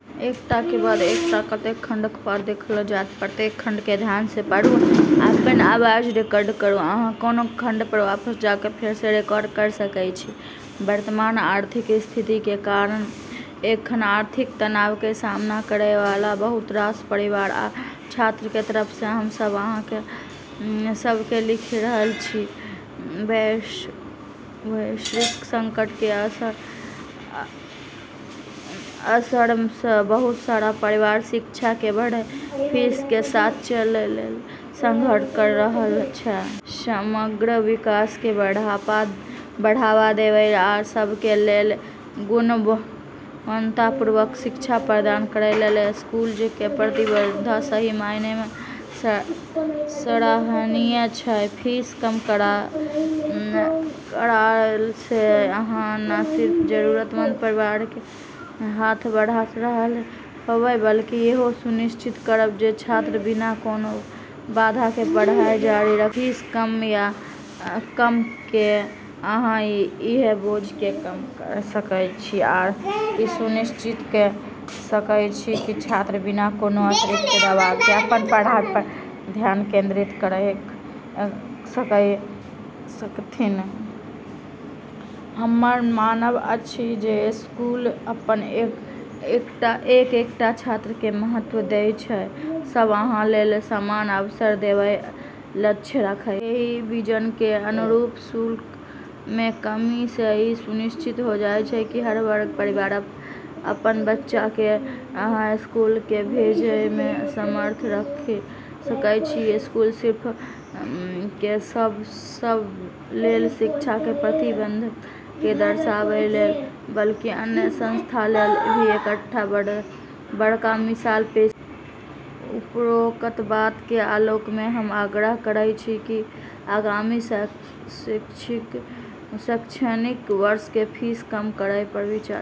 वर्तमान आर्थिक स्थिति के कारण एखन आर्थिक तनाव के सामना करय वाला बहुत रास परिवार आ छात्र के तरफ सँ हम अहाँ सब के लिखि रहल छी। वैश्विक संकट के असर सँ बहुत सारा परिवार शिक्षा के बढ़ैत फीस के साथ चलै लेल संघर्ष करि रहल छै। समग्र विकास के बढ़ावा देबय आ सब के लेल गुणवत्तापूर्ण शिक्षा प्रदान करय के लेल स्कूल के प्रतिबद्धता सही मायने मे सराहनीय छै। फीस कम करला सँ अहाँ न सिर्फ जरूरतमंद परिवार के मदद के हाथ बढ़ा रहल होएब बल्कि इहो सुनिश्चित करब जे छात्र के बिना कोनो बाधा के पढ़ाई जारी राखय के मौका मिलय। फीस कम कय अहाँ एहि बोझ के कम क सकैत छी आ इ सुनिश्चित क सकैत छी जे छात्र बिना कोनो अतिरिक्त दबाव के अपन पढ़ाई पर ध्यान केंद्रित क सकथि। हमर मानब अछि जे स्कूल अपन एक-एकटा छात्र के महत्व दैत अछि आ सबहक लेल समान अवसर देबाक लक्ष्य राखैत अछि। एहि विजन के अनुरूप शुल्क मे कमी सँ ई सुनिश्चित होएत जे हर वर्ग के परिवार अपन बच्चा के अहाँ के स्कूल मे भेजय के सामर्थ्य राखि सकय। ई न सिर्फ स्कूल के सब लेल शिक्षा के प्रति प्रतिबद्धता के दर्शाबै छै बल्कि अन्य संस्थान लेल भी एकटा बडका मिसाल पेश करै छै। उपरोक्त बात के आलोक मे हम आग्रह करैत छी जे आगामी शैक्षणिक वर्ष के फीस कम करय पर विचार करी।